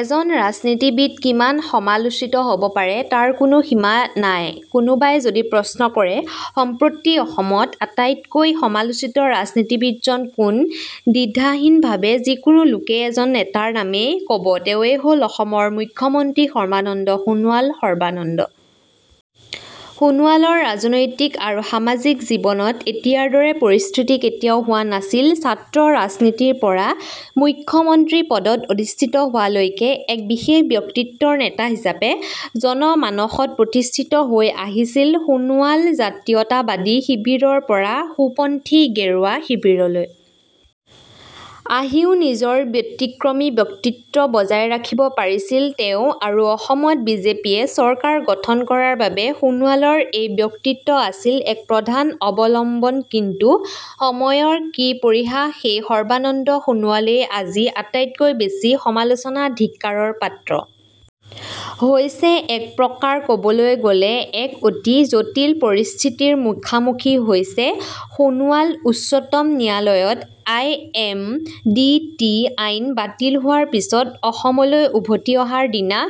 এজন ৰাজনীতিবিদ কিমান সমালোচিত হব পাৰে তাৰ কোনো সীমা নাইকোনোবাই যদি প্ৰশ্ন কৰে সম্প্ৰতি অসমত আটাইতকৈ সমালোচিত ৰাজনীতিবিদজন কোন দ্বিধাহীনভাৱে যিকোনো লোকেই এজন নেতাৰ নামেই কবতেৱেঁই হল অসমৰ মুখ্য মন্ত্ৰী সৰ্বানন্দ সোণোৱাল সৰ্বানন্দ সোণোৱালৰ ৰাজনৈতিক আৰু সামাজিক জীৱনত এতিয়াৰ দৰে পৰিস্থিতি কেতিয়াও হোৱা নাছিলছাত্ৰ ৰাজনীতিৰ পৰা মুখ্য মন্ত্ৰী পদত অধিষ্ঠিত হোৱালৈকে এক বিশেষ ব্যক্তিত্বৰ নেতা হিচাপে জনমানসত প্ৰতিষ্ঠিত হৈ আহিছিল সোণোৱালজাতীয়তাবাদী শিবিৰৰ পৰা সোঁপন্থী গেৰুৱা শিবিৰলৈ আহিও নিজৰ ব্যতিক্ৰমী ব্যক্তিত্ব বজাই ৰাখিব পাৰিছিল তেওঁআৰু অসমত বিজেপিয়ে চৰকাৰ গঠন কৰাৰ বাবে সোণোৱালৰ এই ব্যক্তিত্ব আছিল এক প্ৰধান অৱলম্বনকিন্তু সময়ৰ কি পৰিহাস সেই সৰ্বানন্দ সোণোৱালেই আজি আটাইতকৈ বেছি সমালোচনা ধিক্কাৰৰ পাত্ৰ হৈছেএক প্ৰকাৰ কবলৈ গলে এক অতি জটিল পৰিস্থিতিৰ মুখামুখি হৈছে সোণোৱালউচ্চতম ন্যায়ালয়ত আই এম ডি টি আইন বাতিল হোৱাৰ পিছত অসমলৈ উভতি অহাৰ দিনা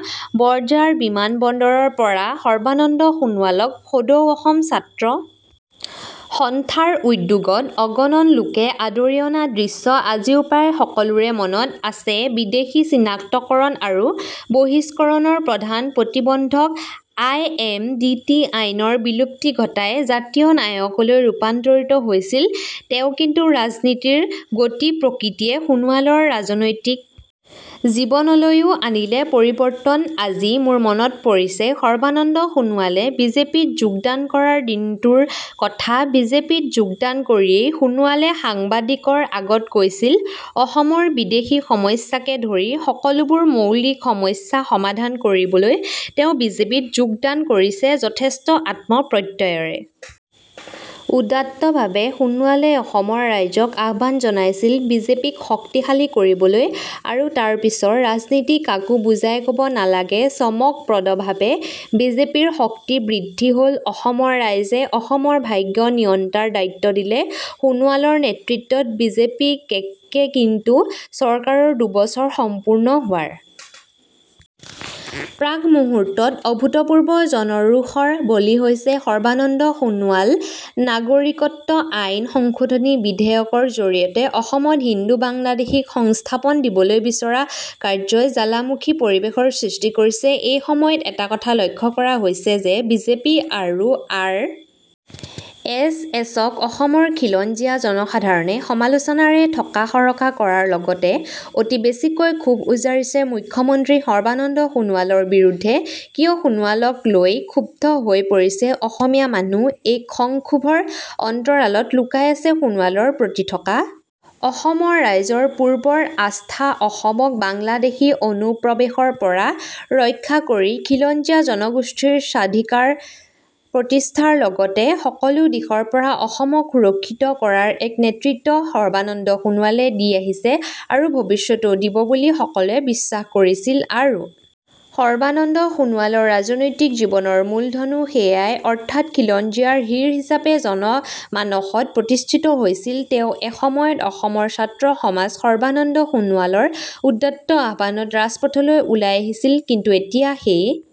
বৰঝাৰ বিমান বন্দৰৰ পৰা সৰ্বানন্দ সোণোৱালক সদৌ অসম ছাত্ৰ সন্থাৰ উদ্যোগত অগণন লোকে আদৰি অনা দৃশ্য আজিও প্ৰায় সকলোৰে মনত আছেবিদেশী চিনাক্তকৰণ আৰু বহিষ্কৰণৰ প্ৰধান প্ৰতিবন্ধক আই এম ডি টি আইনৰ বিলুপ্তি ঘটাই জাতীয় নায়কলৈ ৰূপান্তৰিত হৈছিল তেওঁকিন্তু ৰাজনীতিৰ গতিপ্ৰকৃতিয়ে সোণোৱালৰ ৰাজনৈতিক জীৱনলৈও আনিলে পৰিৱৰ্তনআজি মোৰ মনত পৰিছে সৰ্বানন্দ সোণোৱালে বিজেপিত যোগদান কৰাৰ দিনটোৰ কথাবিজেপিত যোগদান কৰিয়েই সোণোৱালে সাংবাদিকৰ আগত কৈছিল অসমৰ বিদেশী সমস্যাকে ধৰি সকলোবোৰ মৌলিক সমস্যা সমাধান কৰিবলৈ তেওঁ বিজেপিত যোগদান কৰিছেযথেষ্ট আত্মপ্ৰত্যয়ৰে উদাত্তভাৱে সোণোৱালে অসমৰ ৰাইজক আহ্বান জনাইছিল বিজেপিক শক্তিশালী কৰিবলৈআৰু তাৰ পিছৰ ৰাজনীতি কাকো বুজাই কব নালাগেচমকপ্ৰদভাৱে বিজেপিৰ শক্তি বৃদ্ধি হলঅসমৰ ৰাইজে অসমৰ ভাগ্য নিয়ন্তাৰ দায়িত্ব দিলে সোণোৱালৰ নেতৃত্বত বিজেপিকেকিন্তু চৰকাৰৰ দুবছৰ সম্পূৰ্ণ হোৱাৰ প্ৰাক মুহূৰ্তত অভূতপূৰ্ব জনৰোষৰ বলি হৈছে সৰ্বানন্দ সোণোৱালনাগৰিকত্ব আইন সংশোধনী বিধেয়কৰ জৰিয়তে অসমত হিন্দু বাংলাদেশীক সংস্থাপন দিবলৈ বিচৰা কাৰ্যই জ্বালামুখী পৰিৱেশৰ সৃষ্টি কৰিছেএই সময়ত এটা কথা লক্ষ্য কৰা হৈছে যে বিজেপি আৰু আৰ এছ এছক অসমৰ খিলঞ্জীয়া জনসাধাৰণে সমালোচনাৰে থকাসৰকা কৰাৰ লগতে অতি বেছিকৈ ক্ষোভ উজাৰিছে মুখ্য মন্ত্ৰী সৰ্বানন্দ সোণোৱালৰ বিৰুদ্ধেকিয় সোণোৱালক লৈ ক্ষুব্ধ হৈ পৰিছে অসমীয়া মানুহ এই খংক্ষোভৰ অন্তৰালত লুকাই আছে সোণোৱালৰ প্ৰতি থকা অসমৰ ৰাইজৰ পূৰ্বৰ আস্থাঅসমক বাংলাদেশী অনুপ্ৰৱেশৰ পৰা ৰক্ষা কৰি খিলঞ্জীয়া জনগোষ্ঠীৰ স্বাধিকাৰ প্ৰতিষ্ঠাৰ লগতে সকলো দিশৰ পৰা অসমক সুৰক্ষিত কৰাৰ এক নেতৃত্ব সৰ্বানন্দ সোণোৱালে দি আহিছে আৰু ভৱিষ্যতেও দিব বুলি সকলোৱে বিশ্বাস কৰিছিলআৰু সৰ্বানন্দ সোণোৱালৰ ৰাজনৈতিক জীৱনৰ মূলধনো সেয়াইঅৰ্থাৎ খিলঞ্জীয়াৰ হিৰ হিচাপে জনমানসত প্ৰতিষ্ঠিত হৈছিল তেওঁএসময়ত অসমৰ ছাত্ৰ সমাজ সৰ্বানন্দ সোণোৱালৰ উদাত্ত আহ্বানত ৰাজপথলৈ ওলাই আহিছিলকিন্তু এতিয়া সেই